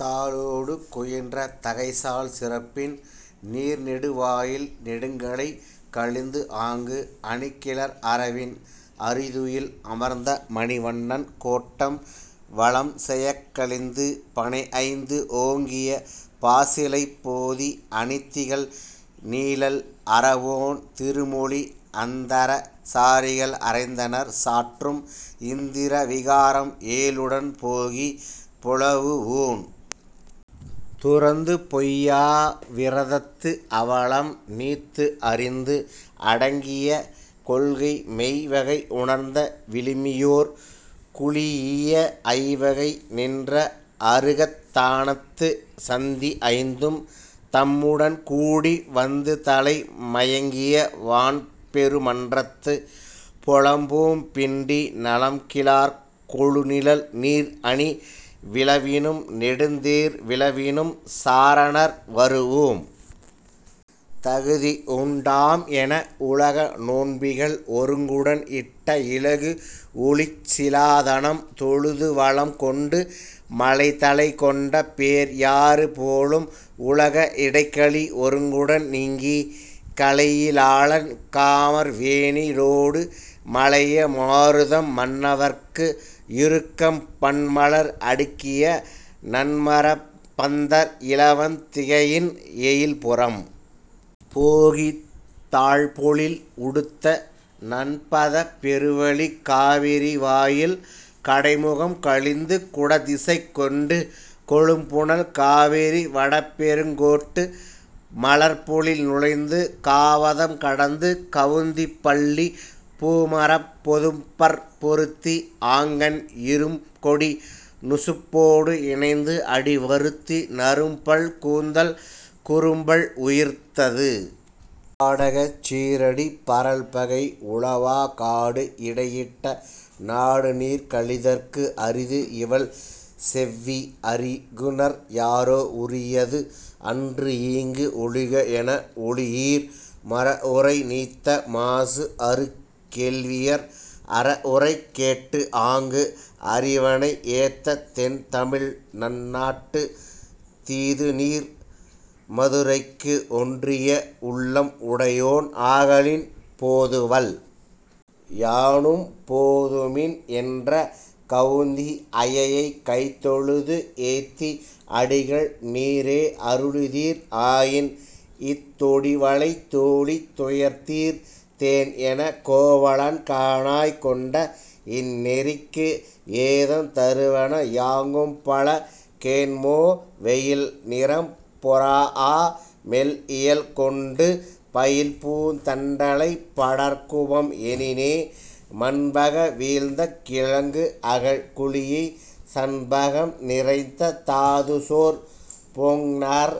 தாளொடு குயின்ற தகைசால் சிறப்பின் நீள்நெடு வாயில் நெடுங்கடை கழிந்துஆங்கு, அணிகிளர் அரவின் அறிதுயில் அமர்ந்த மணிவண்ணன் கோட்டம் வலம்செயாக் கழிந்து, பணைஐந்து ஓங்கிய பாசிலைப் போதி அணிதிகழ் நீழல் அறவோன் திருமொழி அந்தர சாரிகள் அறைந்தனர் சாற்றும் இந்திர விகாரம் ஏழுடன் போகி, புலவுஊண் துறந்து பொய்யா விரதத்து அவலம் நீத்துஅறிந்து அடங்கிய கொள்கை மெய்வகை உணர்ந்த விழுமியோர் குழீஇய ஐவகை நின்ற அருகத் தானத்துச் சந்தி ஐந்தும் தம்முடன் கூடி வந்துதலை மயங்கிய வான்பெரு மன்றத்துப் பொலம்பூம் பிண்டி நலம்கிளர் கொழுநிழல் நீர்அணி விழவினும் நெடுந்தேர் விழவினும் சாரணர் வருஉம் தகுதிஉண் டாம்என உலக நோன்பிகள் ஒருங்குடன் இட்ட இலகுஒளிச் சிலாதலம் தொழுதுவலம் கொண்டு, மலைதலைக் கொண்ட பேர்யாறு போலும் உலக இடைகழி ஒருங்குடன் நீங்கி, கலையி லாளன் காமர் வேனிலொடு மலைய மாருதம் மன்னவற்கு இறுக்கும் பன்மலர் அடுக்கிய நன்மரப் பந்தர் இலவந் திகையின் எயில்புறம் போகி, தாழ்பொழில் உடுத்த தண்பதப் பெருவழிக் காவிரி வாயில் கடைமுகம் கழிந்து, குடதிசைக் கொண்டு கொழும்புனல் காவிரி வடபெருங் கோட்டு மலர்ப்பொழில் நுழைந்து, காவதம் கடந்து கவுந்திப் பள்ளிப் பூமரப் பொதும்பர்ப் பொருந்தி ஆங்கண் இறும்கொடி நுசுப்போடு இனைந்துஅடி வருந்தி நறும்பல் கூந்தல் குறும்பல் உயிர்த்து பாடகச் சீறடி பரல்பகை உழவா காடுஇடை யிட்ட நாடுநீர் கழிதற்கு அரிதுஇவள் செவ்வி அறிகுநர் யாரோ உரியது அன்றுஈங்கு ஒழிகஎன ஒழியீர் மறஉரை நீத்த மாசுஅறு கேள்வியர் அறஉரை கேட்டுஆங்கு அறிவனை ஏத்தத் தென்தமிழ் நன்னாட்டுத் தீதுதீர் மதுரைக்கு ஒன்றிய உள்ளம் உடையேன் ஆகலின் போதுவல் யானும் போதுமின் என்ற காவுந்தி ஐயையைக் கைதொழுது ஏத்தி அடிகள் நீரே அருளிதிர் ஆயின்இத் தொடிவளைத் தோளி துயர்த்தீர்த் தேன்என, கோவலன் காணாய் கொண்ட இந்நெறிக்கு ஏதம் தருவன யாங்கும்பல கேண்மோ: வெயில்நிறம் பொறாஅ மெல்இயல் கொண்டு பயில்பூந் தண்டலைப் படர்குவம் எனினே, மண்பக வீழ்ந்த கிழங்குஅகழ் குழியைச் சண்பகம் நிறைத்த தாதுசோர் பொங்கர்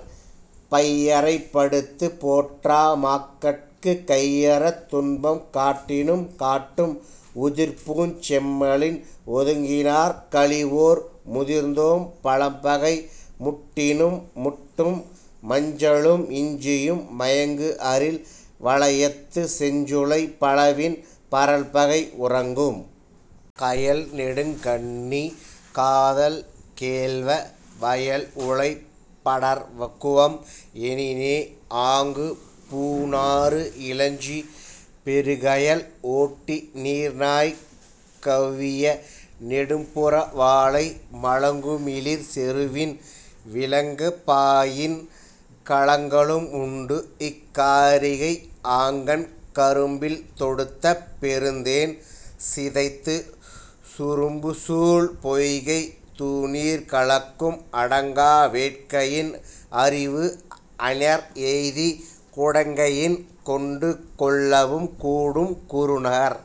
பொய்யறைப் படுத்துப் போற்றா மாக்கட்குக் கையறு துன்பம் காட்டினும் காட்டும், உதிர்ப்பூஞ் செம்மலின் ஒதுங்கினர் கழிவோர் முதிர்த்தேம் பழம்பகை முட்டினும் முட்டும், மஞ்சளும் இஞ்சியும் மயங்குஅரில் வலயத்துச் செஞ்சுளைப் பலவின் பரல்பகை உறுக்கும். கயல்நெடுங் கண்ணி காதல் கேள்வ. வயல்உழைப் படர்க்குவம் எனினே ஆங்குப் பூநாறு இலஞ்சிப் பொருகயல் ஓட்டி நீர்நாய் கெளவிய நெடும்புற வாளை மலங்குமிளிர் செறுவின் விலங்கப் பாயின் கலங்கலும் உண்டுஇக் காரிகை, ஆங்கண் கரும்பில் தொடுத்த பெருந்தேன் சிதைந்து சுரும்புசூழ் பொய்கைத் தூநீர் கலக்கும் அடங்கா வேட்கையின் அறிவுஅஞர் எய்திக் குடங்கையின் கொண்டு கொள்ளவும் கூடும், குறுநர்